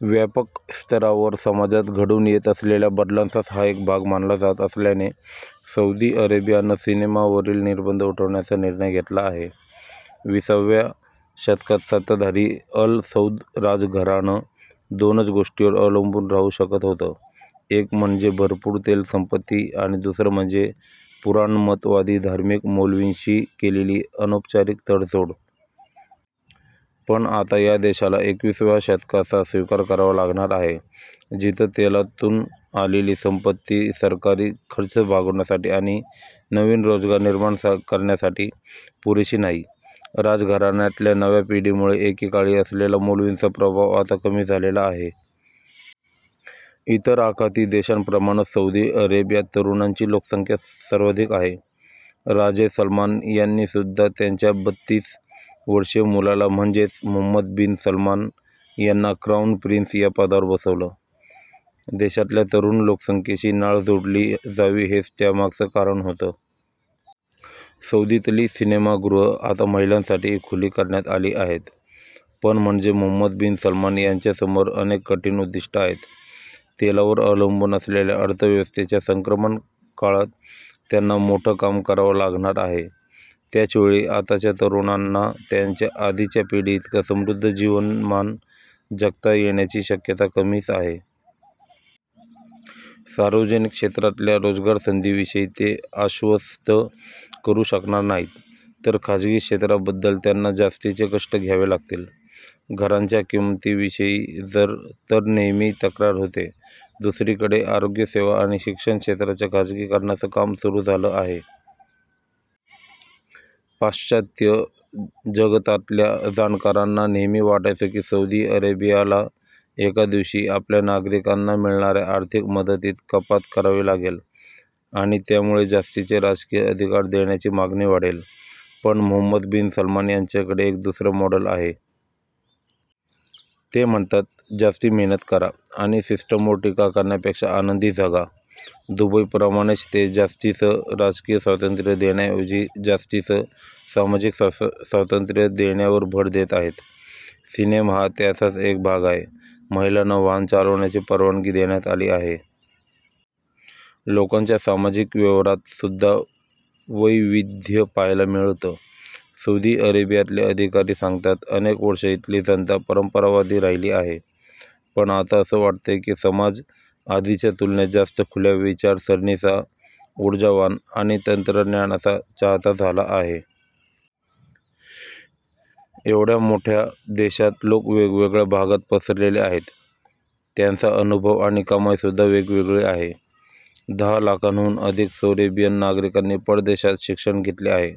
व्यापक स्तरावर समाजात घडून येत असलेल्या बदलांचाच हा एक भाग मानला जात असल्यानं सौदी अरेबियानं सिनेमावरील निर्बंध उठवण्याचा निर्णय घेतला आहे. वीस व्या शतकात सत्ताधारी अल सौद राजघराणं दोनच गोष्टींवर अवलंबून राहू शकत होतं, एक म्हणजे भरपूर तेल संपत्ती आणि दुसरं म्हणजे पुराणमतवादी धार्मिक मौलवींशी केलेली अनौपचारिक तडजोड. पण आता या देशाला एकवीस व्या शतकाचा स्वीकार करावा लागणार आहे. जिथं तेलातून आलेली संपत्ती सरकारी खर्च भागवण्यासाठी आणि नवीन रोजगार निर्माण करण्यासाठी पुरेशी नाही. राजघराण्यातल्या नव्या पिढीमुळे एकेकाळी असलेला मौलवींचा प्रभाव आता कमी झालेला आहे. इतर आखाती देशांप्रमाणंच सौदी अरेबियात तरुणांची लोकसंख्या सर्वाधिक आहे. राजे सलमान यांनीसुद्धा त्यांच्या बतीस वर्षीय मुलाला म्हणजेच मोहम्मद बिन सलमान यांना क्राऊन प्रिंस या पदावर बसवलं. देशातल्या तरुण लोकसंख्येशी नाळ जोडली जावी हेच त्यामागचं कारण होतं. सौदीतली सिनेमागृह आता महिलांसाठीही खुली करण्यात आली आहेत. पण म्हणजे मोहम्मद बिन सलमान यांच्यासमोर अनेक कठीण उद्दीष्ट आहेत. तेलावर अवलंबून असलेल्या अर्थव्यवस्थेच्या संक्रमण काळत त्यांना मोठं काम करावं लागणार आहे. त्याचवेळी आताच्या तरुणांना त्यांच्या आधीच्या पिढीइतकं समृद्ध जीवनमान जगता येण्याची शक्यता कमीच आहे. सार्वजनिक क्षेत्रातल्या रोजगार संधीविषयी ते आश्वस्त करू शकणार नाहीत तर खाजगी क्षेत्राबद्दल त्यांना जास्तीचे कष्ट घ्यावे लागतील. घरांच्या किंमतीविषयी तर नेहमी तक्रार होते. दुसरीकडे आरोग्यसेवा आणि शिक्षण क्षेत्राच्या खाजगीकरणाचं काम सुरू झालं आहे. पाश्चात्य जगतातल्या जाणकारांना नेहमी वाटायचं की सौदी अरेबियाला एका दिवशी आपल्या नागरीकांना मिळणाऱ्या आर्थिक मदतीत कपात करावी लागेल आणि त्यामुळे जास्तीचे राजकीय अधिकार देण्याची मागणी वाढेल. पण मोहम्मद बिन सलमान यांच्याकडे एक दूसर मॉडेल आहे. ते म्हणतात जास्ती मेहनत करा आणि सिस्टमवर टीका करण्यापेक्षा आनंदी जगा. दूबईप्रमाणेच ते जास्तीचं राजकीय स्वातंत्र्य देण्याऐवजी जास्तीचं सामाजिक स्वातंत्र्य देण्यावर भर देत आहेत. सिनेमा हा त्याचाच एक भाग आहे. महिलांना वाहन चालवण्याची परवानगी देण्यात आली आहे. लोकांच्या सामाजिक व्यवहारात सुद्धा वैविध्य पाहायला मिळतं. सौदी अरेबियातले अधिकारी सांगतात अनेक वर्षं इथली जनता परंपरावादी राहीली आहे, पण आता असं वाटतंय की समाज आधीच्या तुलनेत जास्त खुल्या विचारसरणीचा, उर्जावान आणि तंत्रज्ञानाचा चाहता झाला आहे. एवढ्या मोठ्या देशात लोक वेगवेगळ्या भागात पसरलेले आहेत. त्यांचा अनुभव आणि कमाईसुद्धा वेगवेगळी आहे. दहा लाखांहून अधिक सौदी अरेबियन नागरिकांनी परदेशात शिक्षण घेतलं आहे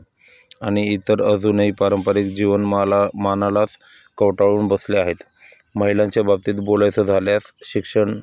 आणि इतर अजूनही पारंपारिक जीवनमानालाच कवटाळून बसले आहेत. महिलांच्या बाबतीत बोलायचं झाल्यास शिक्षण